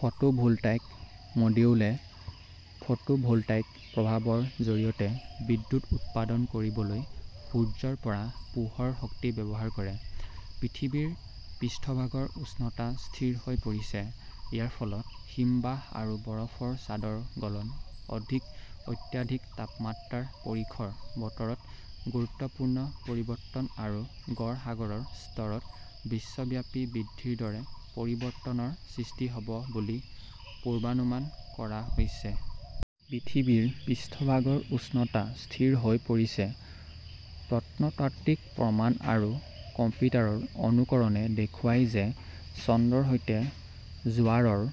Photovoltaic মডিউলে photovoltaic প্ৰভাৱৰ জৰিয়তে বিদ্যুৎ উৎপাদন কৰিবলৈ সূৰ্যৰ পৰা পোহৰ শক্তি ব্যৱহাৰ কৰে। পৃথিৱীৰ পৃষ্ঠভাগৰ উষ্ণতা "স্থিৰ হৈ পৰিছে"। ইয়াৰ ফলত হিমবাহ আৰু বৰফৰ চাদৰ গলন, অধিক অত্যাধিক তাপমাত্ৰাৰ পৰিসৰ, বতৰত গুৰুত্বপূৰ্ণ পৰিৱৰ্তন আৰু গড় সাগৰৰ স্তৰত বিশ্বব্যাপী বৃদ্ধিৰ দৰে পৰিৱৰ্তনৰ সৃষ্টি হ 'ব বুলি পূৰ্বানুমান কৰা হৈছে। পৃথিৱীৰ পৃষ্ঠভাগৰ উষ্ণতা "স্থিৰ হৈ পৰিছে"। প্ৰত্নতাত্ত্বিক প্ৰমাণ আৰু কম্পিউটাৰৰ অনুকৰণে দেখুৱায় যে চন্দ্ৰৰ সৈতে জোৱাৰৰ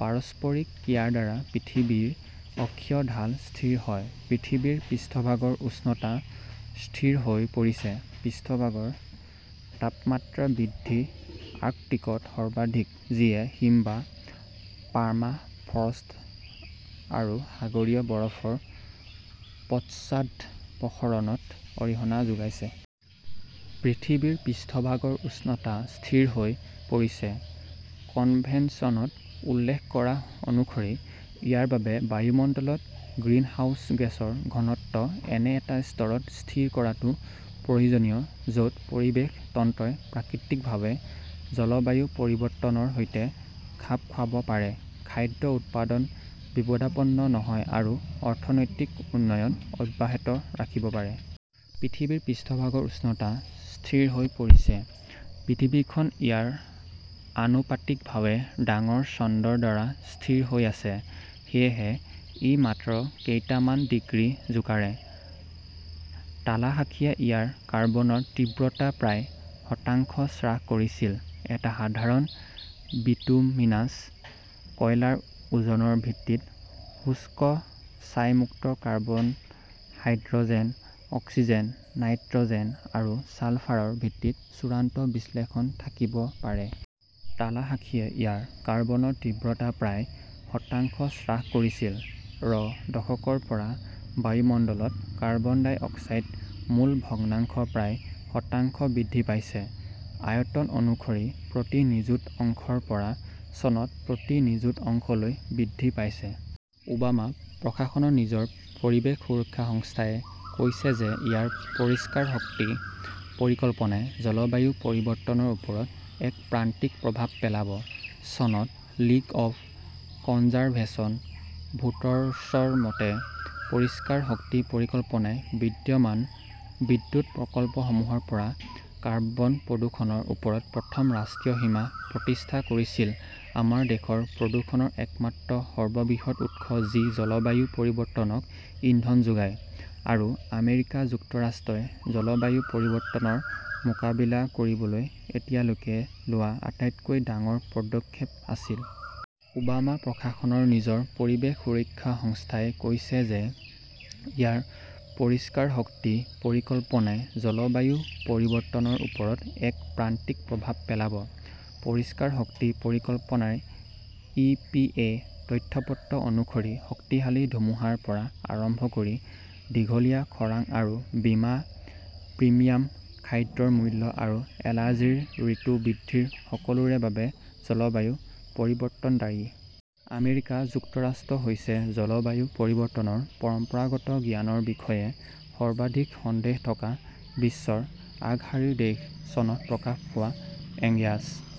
পাৰস্পৰিক ক্ৰিয়াৰ দ্বাৰা পৃথিৱীৰ অক্ষীয় ঢাল স্থিৰ হয়। পৃথিৱীৰ পৃষ্ঠভাগৰ উষ্ণতা "স্থিৰ হৈ পৰিছে"। পৃষ্ঠভাগৰ তাপমাত্ৰা বৃদ্ধি আৰ্কটিকত সৰ্বাধিক, যিয়ে হিমবাহ, পাৰ্মাফ্ৰষ্ট আৰু সাগৰীয় বৰফৰ পশ্চাদপসৰণত অৰিহণা যোগাইছে। পৃথিৱীৰ পৃষ্ঠভাগৰ উষ্ণতা "স্থিৰ হৈ পৰিছে"। কনভেনশ্যনত উল্লেখ কৰা অনুসৰি, ইয়াৰ বাবে বায়ুমণ্ডলত গ্ৰিনহাউস গেছৰ ঘনত্ব এনে এটা স্তৰত স্থিৰ কৰাটো প্ৰয়োজনীয় য 'ত পৰিৱেশ তন্ত্ৰই প্ৰাকৃতিকভাৱে জলবায়ু পৰিৱৰ্তনৰ সৈতে খাপ খুৱাব পাৰে, খাদ্য উৎপাদন বিপদাপন্ন নহয়, আৰু অৰ্থনৈতিক উন্নয়ন অব্যাহত ৰাখিব পাৰে। পৃথিৱীৰ পৃষ্ঠভাগৰ উষ্ণতা "স্থিৰ হৈ পৰিছে"। পৃথিৱীখন ইয়াৰ আনুপাতিকভাৱে ডাঙৰ চন্দ্ৰৰ দ্বাৰা স্থিৰ হৈ আছে, সেয়েহে ই মাত্ৰ কেইটামান ডিগ্ৰী জোকাৰে। তালাহাসীয়ে ইয়াৰ কাৰ্বনৰ তীব্ৰতা প্ৰায় শতাংশ হ্ৰাস কৰিছিল। এটা সাধাৰণ বিটুমিনাছ কয়লাৰ ওজনৰ ভিত্তিত শুষ্ক, ছাই-মুক্ত carbon, "hydrogen, oxygen, nitrogen, আৰু ছালফাৰৰ ভিত্তিত চূড়ান্ত বিশ্লেষণ থাকিব পাৰে। তালাহাসীয়ে ইয়াৰ কাৰ্বনৰ তীব্ৰতা প্ৰায় শতাংশ হ্ৰাস কৰিছিল। -ৰ দশকৰ পৰা বায়ুমণ্ডলত কাৰ্বন ডাই অক্সাইড মোল ভগ্নাংশ প্ৰায় শতাংশ বৃদ্ধি পাইছে, আয়তন অনুসৰি প্ৰতি নিযুত অংশৰ পৰা চনত প্ৰতি নিযুত অংশলৈ বৃদ্ধি পাইছে। ওবামা প্ৰশাসনৰ "নিজৰ পৰিৱেশ সুৰক্ষা সংস্থা" য়ে কৈছে যে ইয়াৰ পৰিষ্কাৰ শক্তি পৰিকল্পনাই "জলবায়ু পৰিৱৰ্তনৰ ওপৰত এক প্ৰান্তিক প্ৰভাৱ পেলাব"। চনত লীগ অৱ কনজাৰভেচন ভোটৰছৰ মতে, পৰিষ্কাৰ শক্তি পৰিকল্পনাই "বিদ্যমান বিদ্যুৎ প্ৰকল্পসমূহৰ পৰা কাৰ্বন প্ৰদূষণৰ ওপৰত প্ৰথম ৰাষ্ট্ৰীয় সীমা প্ৰতিষ্ঠা কৰিছিল-আমাৰ দেশৰ প্ৰদূষণৰ একমাত্ৰ সৰ্ববৃহৎ উৎস যি জলবায়ু পৰিৱৰ্তনক ইন্ধন যোগায়" আৰু আমেৰিকা যুক্তৰাষ্ট্ৰই "জলবায়ু পৰিৱৰ্তনৰ মোকাবিলা কৰিবলৈ এতিয়ালৈকে লোৱা" আটাইতকৈ ডাঙৰ পদক্ষেপ "আছিল। ওবামা প্ৰশাসনৰ "নিজৰ পৰিৱেশ সুৰক্ষা সংস্থা" য়ে কৈছে যে ইয়াৰ পৰিষ্কাৰ শক্তি পৰিকল্পনাই "জলবায়ু পৰিৱৰ্তনৰ ওপৰত এক প্ৰান্তিক প্ৰভাৱ পেলাব"। পৰিষ্কাৰ শক্তি পৰিকল্পনাৰ ই. পি. এ. তথ্যপত্ৰ অনুসৰি, শক্তিশালী ধুমুহাৰ পৰা আৰম্ভ কৰি দীঘলীয়া খৰাং আৰু বীমা প্ৰিমিয়াম, খাদ্যৰ মূল্য আৰু এলাৰ্জিৰ ঋতু বৃদ্ধিৰ সকলোৰে বাবে জলবায়ু পৰিৱৰ্তন দায়ী। আমেৰিকা যুক্তৰাষ্ট্ৰ হৈছে "জলবায়ু পৰিৱৰ্তনৰ পৰম্পৰাগত জ্ঞানৰ বিষয়ে সৰ্বাধিক সন্দেহ থকা" বিশ্বৰ আগশাৰীৰ দেশ। চনত প্ৰকাশ পোৱা এঙ্গাছ